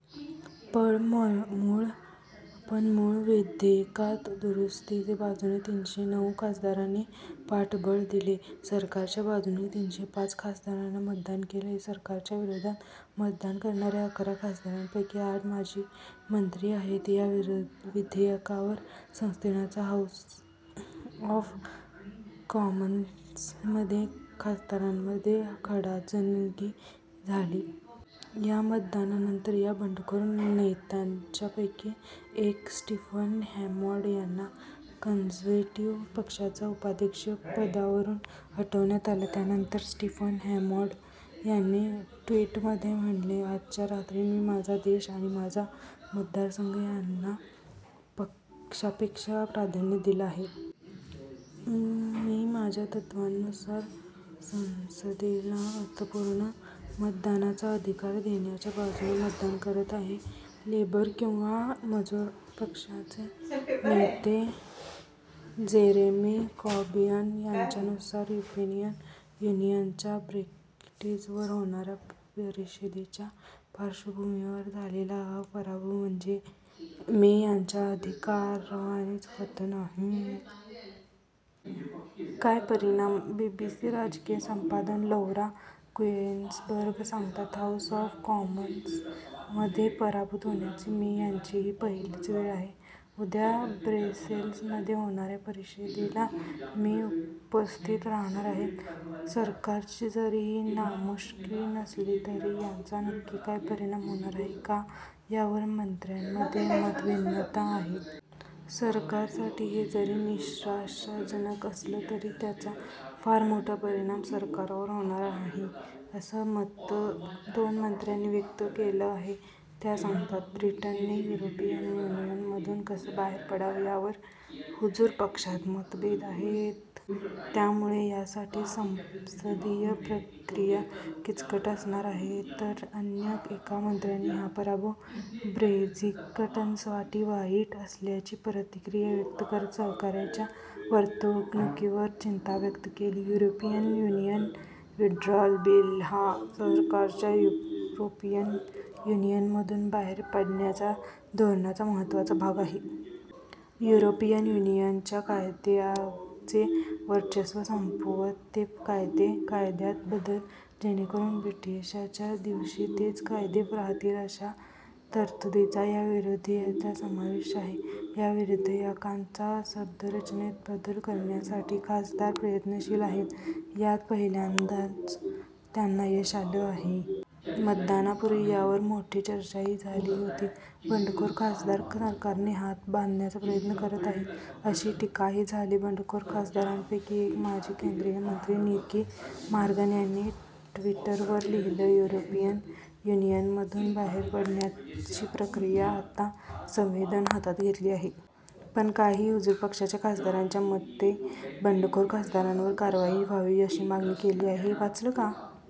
पण मूळ पण मूळ विधेयकात दुरुस्तीच्या बाजूने तीनशे नऊ खासदारांनी पाठबळ दिले. सरकारच्या बाजूने तीनशे पाच खासदारांनी मतदान केले. सरकारच्या विरोधात मतदान करणाऱ्या अकरा खासदारांपैकी आठ माजी मंत्री आहेत. या विधेयकावर संसदेनाचा हाऊस ऑफ कॉमन्समध्ये खासदारांमध्ये खडाजंगी झाली. या मतदानानंतर यां बंडखोर नेत्यांपैकीच एक, स्टीफन हॅमाँड यांना कंझर्व्हेटिव्ह पक्षाच्या उपाध्यक्ष पदावरून हटवण्यात आलं. त्यानंतर स्टीफन हॅमाँड यांनी ट्वीटमध्ये म्हणाले आजच्या रात्री मी माझा देश आणि माझा मतदारसंघ यांना पक्षापेक्षा प्राधान्य दिलं आहे. मी माझ्या तत्त्वांनुसार संसदेला अर्थपूर्ण मतदानाचा अधिकार देण्याच्या बाजूनं मतदान करत आहे. लेबर किंवा मजूर पक्षाचे नेते जेरेमी कॉर्बियन यांच्यानुसार, युकेनीयन युनियनच्या ब्रेक्झिटवर होणाऱ्या परिषदेच्या पार्श्वभूमीवर झालेला हा पराभव म्हणजे मे यांच्या अधिकारवाणीचं पतन आहे. काय परिणाम? बीबीसी राजकीय संपादक लौरा कुएन्सबर्ग सांगतात हाऊस ऑफ कॉमन्स मध्ये पराभूत होण्याची मे यांची ही पहिलीच वेळ आहे. उद्या ब्रसेल्समध्ये होणाऱ्या परिषदेला मे उपस्थित राहणार आहेत. सरकारची जरी ही नामुष्की नसली तरी याचा नक्की काय परिणाम होणार आहे का, यावर मंत्र्यांमध्ये मतभिन्नता आहे. सरकारसाठी हे जरी निराशाजनक असलं, तरी त्याचा फार मोठा परिणाम सरकारवर होणार आहे, असं मतं दोन मंत्र्यांनी व्यक्त केलं आहे त्या सांगतात. ब्रिटनने युरोपियन युनियनमधून कसं बाहेर पडावं, यावर हुजूर पक्षात मतभेद आहेत. त्यामुळे यासाठी संसदीय प्रक्रिया किचकट असणार आहे. तर अन्य एका मंत्र्याने हा पराभव ब्रेझिकटनसाठी वाईट असल्याची प्रतिक्रिया व्यक्त करत, सहकाऱ्यांच्या वर्तवणुकीवर चिंता व्यक्त केली. 'युरोपियन युनियन विड्रॉअल बिल' हा सरकारच्या युप्रोपियन युनियनमधून बाहेर पडण्याच्या धोरणाचा महत्त्वाचा भाग आहे. युरोपियन युनियनच्या कायद्यांचे वर्चस्व संपवत ते कायदे कायद्यात बदल, जेणेकरून ब्रिटिशाच्या दिवशी तेच कायदे राहतील, अशा तरतुदींचा या विरोधियाचा समावेश आहे. या विरेधयकांचा शब्दरचनेत बदल करण्यासाठी खासदार प्रयत्नशील आहेत. यात पहिल्यांदाच त्यांना यश आलं आहे. मतदानापूर्वी यावर मोठी चर्चाही झाली होती. बंडखोर खासदार कारकारचे हात बांधण्याचा प्रयत्न करत आहेत, अशी टीकाही झाली. बंडखोर खासदारांपैकी एक, माजी केंद्रीय मंत्री निकी मॉर्गन यांनी ट्विटरवर लिहिलं युरोपियन युनियनमधून बाहेर पडण्याची प्रक्रिया आता संवेदेनं हातात घेतली आहे. पण काही हुजूर पक्षाच्या खासदारांच्या मते बंडखोर खासदारांवर कारवाई व्हावी अशी मागणी केली आहे. हे वाचलं का?